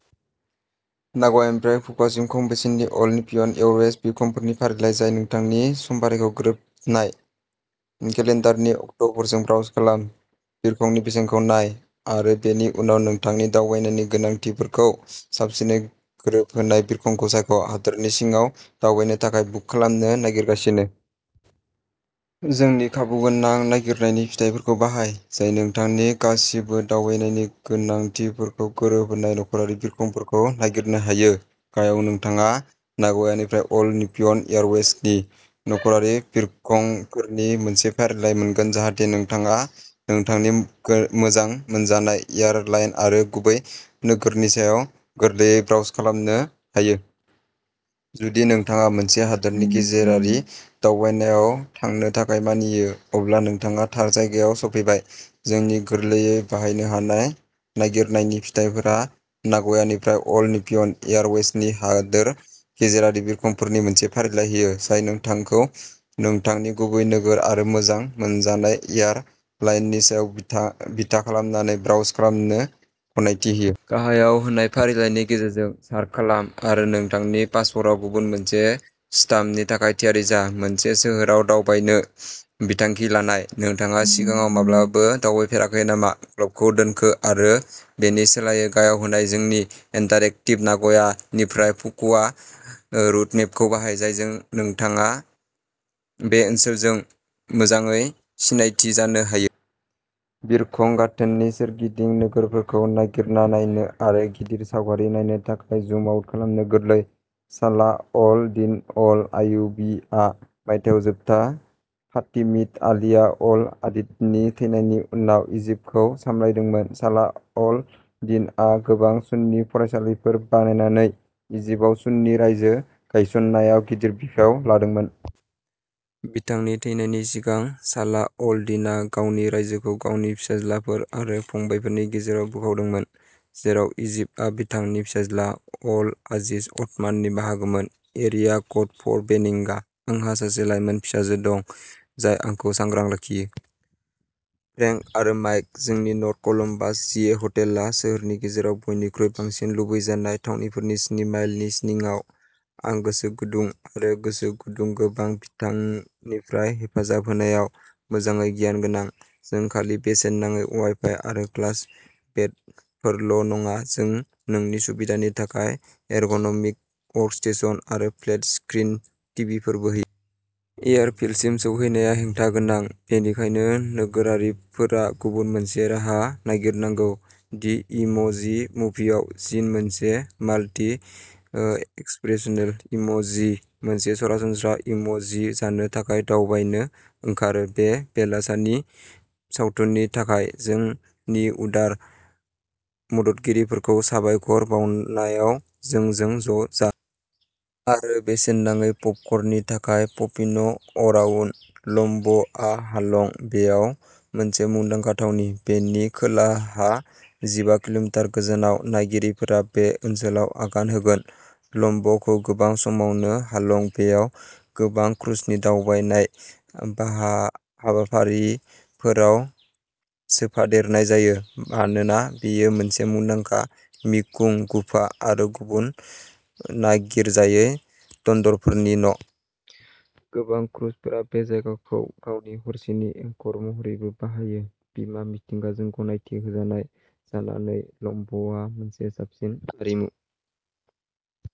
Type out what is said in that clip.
नाग' यानिफ्राय फुकुअ'कासिम खम बेसेननि अल निप्प'न एयारवेजनि बिरखंफोरनि फारिलाइ जाय नोंथांनि समफारिजों गोरोबनाय। केलेन्डारनि अक्ट'फोरजों ब्राउज खालाम, बिरखंनि बेसेनखौ नाय, आरो बेनि उनाव नोंथांनि दावबायनायनि गोनांथिफोरखौ साबसिनै गोरोबहोनाय बिरखंखौ सायख'। हादोरनि सिङाव दावबायनो थाखाय बुक खालामनो नागिरगासिनो? जोंनि खाबुगोनां नागिरनायनि फिथायफोरखौ बाहाय जाय नोंथांनि गासिबो दावबायनायनि गोनांथिफोरखौ गोरोबहोनाय नखरारि बिरखंफोरखौ नागिरनो हायो। गाहायाव नोंथाङा नाग'यानिफ्राय अल निप्प'न एयारवेजनि नखरारि बिरखंफोरनि मोनसे फारिलाइ मोनगोन, जाहाथे नोंथाङा नोंथांनि मोजां मोनजानाय एयारलाइन आरो गुबै नोगोरनि सायाव गोरलैयै ब्राउज खालामनो हायो। जुदि नोंथाङा मोनसे हादोर गेजेरारि दावबायनायाव थांनो थाखाय मानियो, अब्ला नोंथाङा थार जायगायाव सफैबाय। जोंनि गोरलैयै बाहायनो हानाय नागिरनायनि फिथायफोरा नाग'यानिफ्राय अल निप्प'न एयारवेजनि हादोर गेजेरारि बिरखंफोरनि मोनसे फारिलाइ होयो, जाय नोंथांखौ नोंथांनि गुबै नोगोर आरो मोजां मोनजानाय एयार लाइननि सायाव बिथा बिथा खालामनानै ब्राउज खालामनो गनायथि होयो। गाहायाव होनाय फारिलाइनि गेजेरजों सार्ट खालाम आरो नोंथांनि पासपोर्टआव गुबुन मोनसे स्टाम्पनि थाखाय थियारि जा। मोनसे सोहोराव दावबायनो बिथांखि लानाय। नोंथाङा सिगाङाव माब्लाबाबो दावबायफेराखै नामा? ग्ल'बखौ दोनखो आरो बेनि सोलायै गाहायाव होनाय जोंनि इन्टारेक्टिभ नाग'या निफ्राय फुकुअ'का रुट मेपखौ बाहाय, जायजों नोंथाङा बे ओनसोलजों मोजाङै सिनायथि जानो हायो। बिरखं गाथोननि सोरगिदिं नोगोरफोरखौ नागिरना नायनो आरो गिदिर सावगारि नायनो थाखाय जुम आउट खालामनो गोरलै। सालाह अल-दीन अल-अयुबी आ मायथाइयाव जोबथा फातिमिद खलीफा अल-आदिदनि थैनायनि उनाव इजिप्टखौ सामलायदोंमोन। सालाह अल-दिनआ गोबां सुन्नी फरायसालिफोर बानायनानै इजिप्टआव सुन्नी रायजो गायसननायाव गिदिर बिफाव लादोंमोन। बिथांनि थैनायनि सिगां, सालाह अल-दिनआ गावनि रायजोखौ गावनि फिसाज्लाफोर आरो फंबायफोरनि गेजेराव बोखावदोंमोन, जेराव इजिप्टआ बिथांनि फिसाज्ला अल-आजिज अथमाननि बाहागोमोन। एरिया क'ड फर्ट बेनिं गा। आंहा सासे लाइमोन फिसाजो दं जाय आंखौ सांग्रां लाखियो। फ्रेंक आरो माइक। जोंनि नर्थ कलम्बास, जीए हटेलआ सोहोरनि गेजेराव बयनिख्रुइ बांसिन लुबैजानाय थावनिफोरनि स्नि माइलनि सिङाव। आं गोसो गुदुं आरो गोसो गुदुं। गोबां बिथिंनिफ्राय हेफाजाब होनायाव मोजाङै गियान गोनां। जों खालि बेसेन नाङै वाइ-फाइ आरो प्लास बेडफोरल' नङा, जों नोंनि सुबिदानि थाखाय एर्ग'न'मिक वर्कस्टेशन आरो फ्लेट-स्क्रिन टिभिफोरबो होयो। एयारफील्डसिम सौहैनाया हेंथा गोनां, बेनिखायनो नोगोरारिफोरा गुबुन मोनसे राहा नागिरनांगौ। दि इम'जि मुभिआव, जिन, मोनसे माल्टि ओ एक्सप्रेसनल इम'जि, मोनसे सरासनस्रा इम'जि जानो थाखाय दावबायनो ओंखारो। बे बेलासानि सावथुननि थाखाय जोंनि उदार मददगिरिफोरखौ साबायखर बावनायाव जोंजों ज' जा। आरो बेसेन नाङै पपकर्ननि थाखाय पपिन' अराउन्ड। ल'म ब'आ हालं बेआव मोनसे मुंदांखा थावनि। बेनि खोलाहा जिबा किल'मिटार गोजानाव, नायगिरिफोरा बे ओनसोलाव आगान होगोन। ल'म ब'खौ गोबां समावनो हालं बेआव गोबां क्रुजनि दावबायनाय बाहा हाबाफारिफोराव सोफादेरनाय जायो मानोना बेयो मोनसे मुंदांखा मि कुं गुफा आरो गुबुन नागिरजायै दन्दरफोरनि न'। गोबां क्रुजफोरा बे जायगाखौ गावनि हरसेनि एंकर महरैबो बाहायो। बिमा मिथिंगाजों गनायथि होजानाय जानानै, ल'म ब'आ मोनसे साबसिन आरिमु।